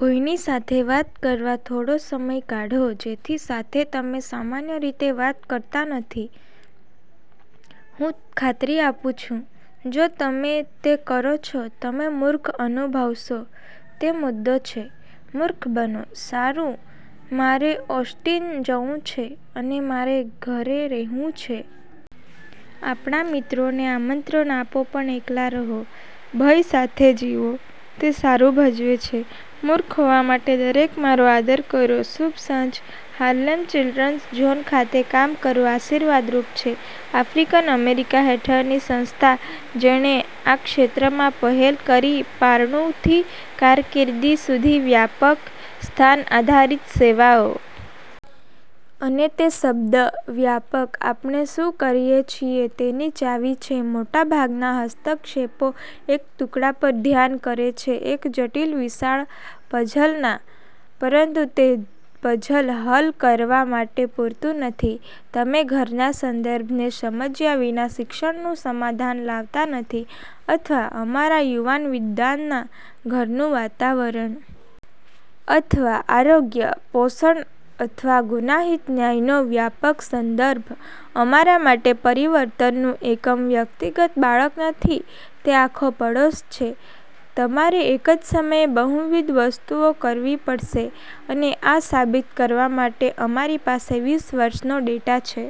કોઈની સાથે વાત કરવા થોડો સમય કાઢો જેની સાથે તમે સામાન્ય રીતે વાત કરતા નથી. હું ખાતરી આપું છું, જો તમે તે કરો છો, તમે મૂર્ખ અનુભવશો. તે મુદ્દો છે. મૂર્ખ બનો. સારું, મારે ઓસ્ટિન જવું છે, અને મારે ઘરે રહેવું છે. આપણા મિત્રોને આમંત્રણ આપો પણ એકલા રહો. ભય સાથે જીવો. તે સારું ભજવે છે. મૂર્ખ હોવા માટે દરેક મારો આદર કરો. શુભ સાંજ. હાર્લેમ ચિલ્ડ્રન્સ ઝોન ખાતે કામ કરવું આશીર્વાદ રૂપ છે, આફ્રિકન-અમેરિકા હેઠળની સંસ્થા, જેણે આ ક્ષેત્રમાં પહેલ કરી પારણું થી કારકિર્દી સુધી, વ્યાપક સ્થાન-આધારિત સેવાઓ. અને તે શબ્દ, "વ્યાપક", આપણે શું કરીએ છીએ તેની ચાવી છે. મોટાભાગના હસ્તક્ષેપો એક ટુકડા પર ધ્યાન કરે છે એક જટિલ, વિશાળ પઝલના. પરંતુ તે પઝલ હલ કરવા માટે પૂરતું નથી. તમે ઘરના સંદર્ભને સમજ્યા વિના શિક્ષણનું સમાધાન લાવતા નથી અથવા અમારા યુવાન વિદ્વાનના ઘરનું વાતાવરણ. અથવા આરોગ્ય, પોષણ અથવા ગુનાહિત ન્યાયનો વ્યાપક સંદર્ભ. અમારા માટે પરિવર્તનનું એકમ વ્યક્તિગત બાળક નથી, તે આખો પડોશ છે. તમારે એક જ સમયે બહુવિધ વસ્તુઓ કરવી પડશે. અને આ સાબિત કરવા માટે અમારી પાસે વીસ વર્ષનો ડેટા છે.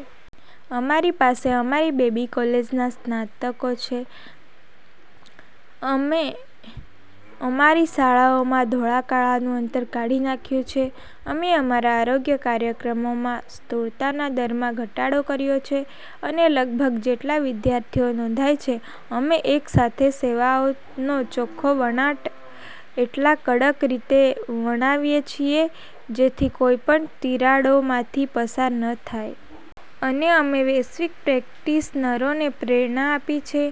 અમારી પાસે અમારી બેબી કોલેજના સ્નાતકો છે, અમે અમારી શાળાઓમાં ધોળા-કાળા નું અંતર કાઢી નાખ્યું છે. અમે અમારા આરોગ્ય કાર્યક્રમોમાં સ્થૂળતાના દરમાં ઘટાડો કર્યો છે અને લગભગ જેટલા વિદ્યાર્થીઓ નોંધાયા છે. અમે એક સાથે સેવાઓનો ચોખ્ખો વણાટ એટલા કડક રીતે વણાવીએ છીએ, જેથી કોઈ પણ તિરાડોમાંથી પસાર ન થાય. અને અમે વૈશ્વિક પ્રેક્ટિશનરોને પ્રેરણા આપી છે.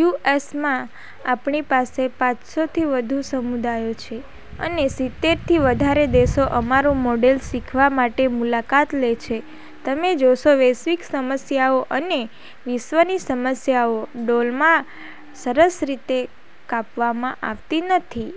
યુ. એસ. માં આપણી પાસે પાંચસો થી વધુ સમુદાયો છે અને સિત્તેર થી વધારે દેશો અમારું મોડેલ શીખવા માટે મુલાકાત લે છે. તમે જોશો, વૈશ્વિક સમસ્યાઓ, અને વિશ્વની સમસ્યાઓ, ડોલમાં સરસ રીતે કાપવામાં આવતી નથી.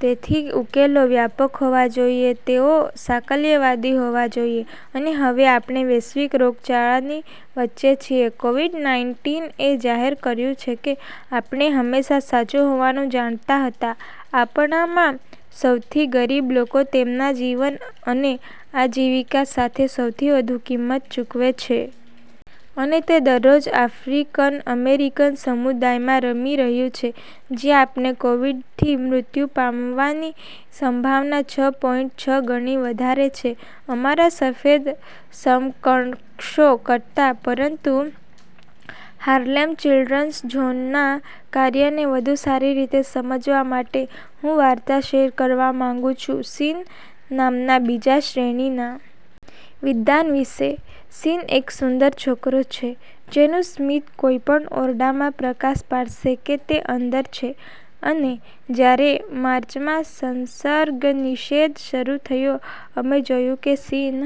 તેથી ઉકેલો વ્યાપક હોવા જોઈએ, તેઓ સાકલ્યવાદી હોવા જોઈએ. અને હવે આપણે વૈશ્વિક રોગચાળાની વચ્ચે છીએ. કોવિડ -નાઈનટીન એ જાહેર કર્યું છે કે આપણે હંમેશાં સાચું હોવાનું જાણતા હતા. આપણામાં સૌથી ગરીબ લોકો તેમના જીવન અને આજીવિકા સાથે સૌથી વધુ કિંમત ચૂકવે છે. અને તે દરરોજ આફ્રિકન અમેરિકન સમુદાયમાં રમી રહ્યું છે, જ્યાં આપણે કોવિડથી મૃત્યુ પામવાની સંભાવના છ પોઇન્ટ છ ગણી વધારે છે અમારા સફેદ સમકક્ષો કરતા. પરંતુ હાર્લેમ ચિલ્ડ્રન્સ ઝોનના કાર્યને વધુ સારી રીતે સમજવા માટે, હું વાર્તા શેર કરવા માંગુ છું, સીન નામના બીજા-શ્રેણીના। વિદ્વાન વિશે. સીન એક સુંદર છોકરો છે જેનું સ્મિત કોઈપણ ઓરડામાં પ્રકાશ પાડશે કે તે અંદર છે. અને જ્યારે માર્ચમાં સંસર્ગનિષેધ શરૂ થયો, અમે જોયું કે સીન